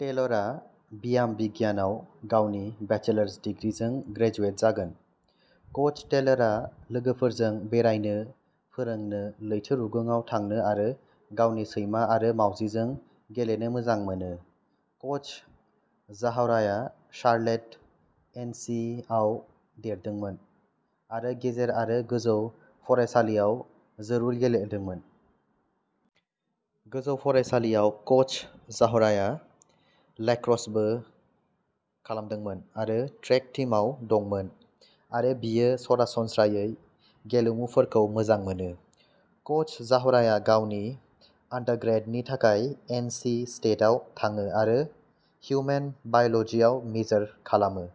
टेलरा बियाम बिगियानाव गावनि बेचेलार्स दिग्रिजों ग्रेजुवेट जागोन। कच टेलरा लोगोफोरजों बेरायनो, फोरोंनो, लैथो रुगुंआव थांनो आरो गावनि सैमा आरो मावजिजों गेलेनो मोजां मोनो। कच जाहराया शार्लट, एन. सि. आव देरदोंमोन आरो गेजेर आरो गोजौ फरायसालियाव जोलुर गेलेदोंमोन। गोजौ फरायसालिआव कच जाहराया लैक्रसबो खालामदोंमोन आरो ट्रेक टीमआव दंमोन आरो बियो सरासनस्रायै गेलेमुफोरखौ मोजां मोनो। कच जाहराया गावनि आन्डारग्रेडनि थाखाय एन. सि. स्टेटआव थाङो आरो हिउमेन बाय'लजीआव मेजर खालामो।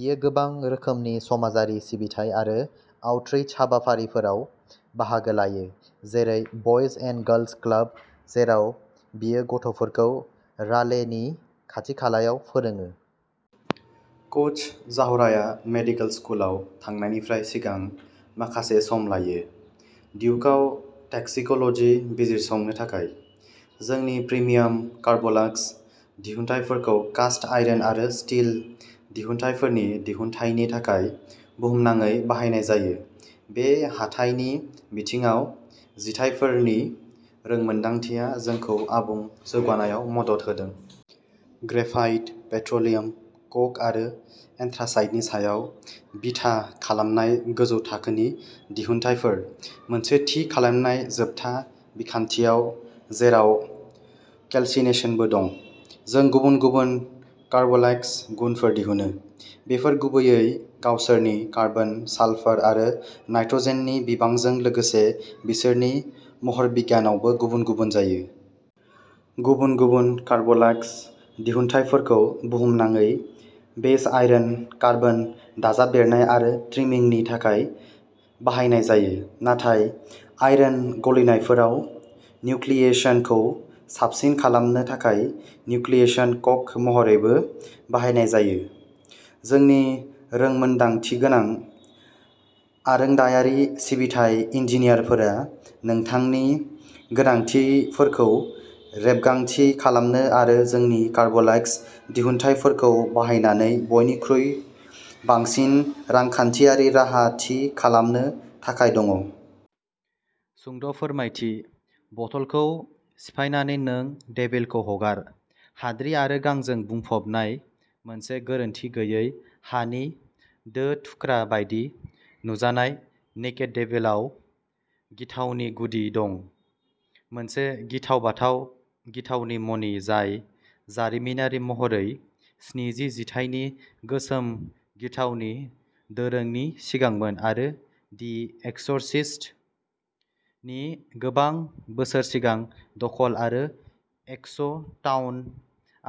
बियो गोबां रोखोमनि समाजारि सिबिथाइ आरो आउटरीच हाबाफारिफोराव बाहागो लायो, जेरै बयज एन्ड गार्लस क्लाब, जेराव बियो गथ'फोरखौ रालेनि खाथि-खालायाव फोरोङो। कच जाहराया मेडिकेल स्कुलाव थांनायनिफ्राय सिगां माखासे सम लायो, डिउकआव टक्सिक'लजी बिजिरसंनो थाखाय। जोंनि प्रिमियाम कार्ब'लाक्स दिहुनथायफोरखौ कास्ट आयरन आरो स्टील दिहुनथायफोरनि दिहुनथायनि थाखाय बुहुमनाङै बाहायनाय जायो। बे हाथाइनि बिथिङाव जिथायफोरनि रोंमोनदांथिया जोंखौ आबुं जौगानायाव मदद होदों। ग्रेफाइट, पेट्र'लियाम क'क आरो एन्थ्रासाइटनि सायाव बिथा खालामनाय गोजौ थाखोनि दिहुनथायफोर। मोनसे थि खालामनाय जोबथा बिखान्थियाव, जेराव केल्सिनेशनबो दं, जों गुबुन गुबुन कार्ब'लाक्स गुनफोर दिहुनो। बेफोर गुबैयै गावसोरनि कार्बन, सालफार आरो नाइट्र'जेननि बिबांजों लोगोसे बिसोरनि महरबिगियानावबो गुबुन-गुबुन जायो। गुबुन-गुबुन कार्ब'लाक्स दिहुनथायफोरखौ बुहुमनाङै बेस आयरन कार्बन दाजाबदेरनाय आरो ट्रिमिंगनि थाखाय बाहायनाय जायो, नाथाय आयरन गलिनायफोराव निउक्लियेशनखौ साबसिन खालामनो थाखाय निउक्लियेशन क'क महरैबो बाहायनाय जायो। जोंनि रोंमोन्दांथिगोनां आरोंदायारि सिबिथाइ इन्जिनियारफोरा नोंथांनि गोनांथिफोरखौ रेबगान्थि खालामनो आरो जोंनि कार्ब'लाक्स दिहुनथायफोरखौ बाहायनानै बयनिख्रुइ बांसिन रांखान्थियारि राहा थि खालामनो थाखाय दङ। सुंद'फोरमायथि, बथलखौ सिफायनानै नों डेभिलखौ हगार, हाद्रि आरो गांजों बुंफबनाय मोनसे गोरोनथि गैयै हानि दो-थुख्रा बायदि नुजानाय "नेकेड इभिल" आव गिथावनि गुदि दं, मोनसे गिथाव-बाथाव गिथावनि मणि जाय जारिमिनारि महरै स्निजि जिथाइनि गोसोम गिथावनि दोरोंनि सिगांमोन आरो "दि एक्स'रिसिस्ट" नि गोबां बोसोर सिगां दखल आरो एक्स' टाउन,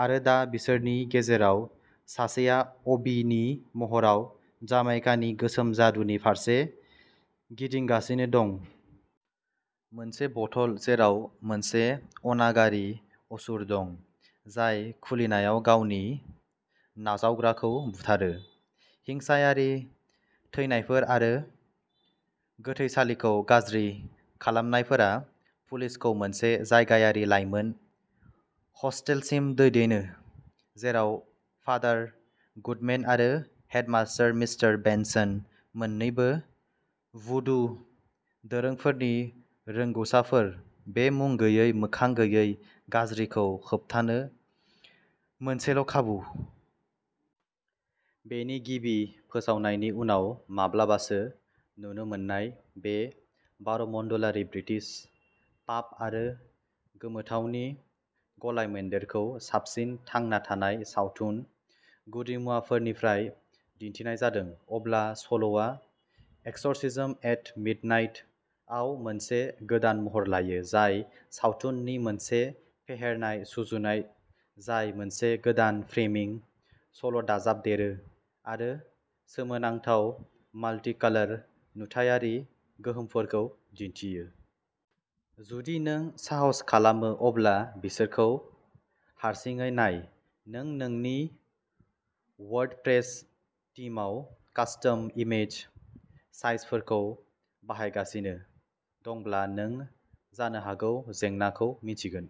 आरो दा बिसोरनि गेजेराव सासेआ "अबी" नि महराव जामाइकानि गोसोम जादुनि फारसे गिदिंगासिनो दं। मोनसे बथल जेराव मोनसे अनागारि असुर दं, जाय खुलिनायाव गावनि नाजावग्राखौ बुथारो। हिंसायारि थैनायफोर आरो गोथैसालिखौ गाज्रि खालामनायफोरा पुलिसखौ मोनसे जायगायारि लाइमोन हस्टेलसिम दैदेनो, जेराव फादार गुडमेन आरो हेडमास्टार मिस्टार बेनसन मोननैबो भुडु दोरोंफोरनि रोंग'साफोर, बे मुं गैयै, मोखां गैयै गाज्रिखौ होबथानो मोनसेल'खाबु! बेनि गिबि फोसावनायनि उनाव माब्लाबासो नुनो मोननाय, बे बारमण्डलारि ब्रिटिश पाप आरो गोमोथावनि गलायमोन्देरखौ साबसिन थांना थानाय सावथुन गुदिमुवाफोरनिफ्राय दिन्थिनाय जादों। अब्ला सल'आ "एक्स'र्सिज्म एट मिडनाइट" आव मोनसे गोदान महर लायो, जाय सावथुननि मोनसे फेहेरनाय सुजुनाय जाय मोनसे गोदान फ्रेमिंग सल'दाजाबदेरो आरो सोमोनांथाव "माल्टि-कलर" नुथायारि गोहोमफोरखौ दिन्थियो। जुदि नों साहस खालामो अब्ला बिसोरखौ हारसिङै नाय, नों नोंनि वर्डप्रेस थीमआव कास्टम इमेज साइजफोरखौ बाहायगासिनो दंब्ला नों जानो हागौ जेंनाखौ मिन्थिगोन।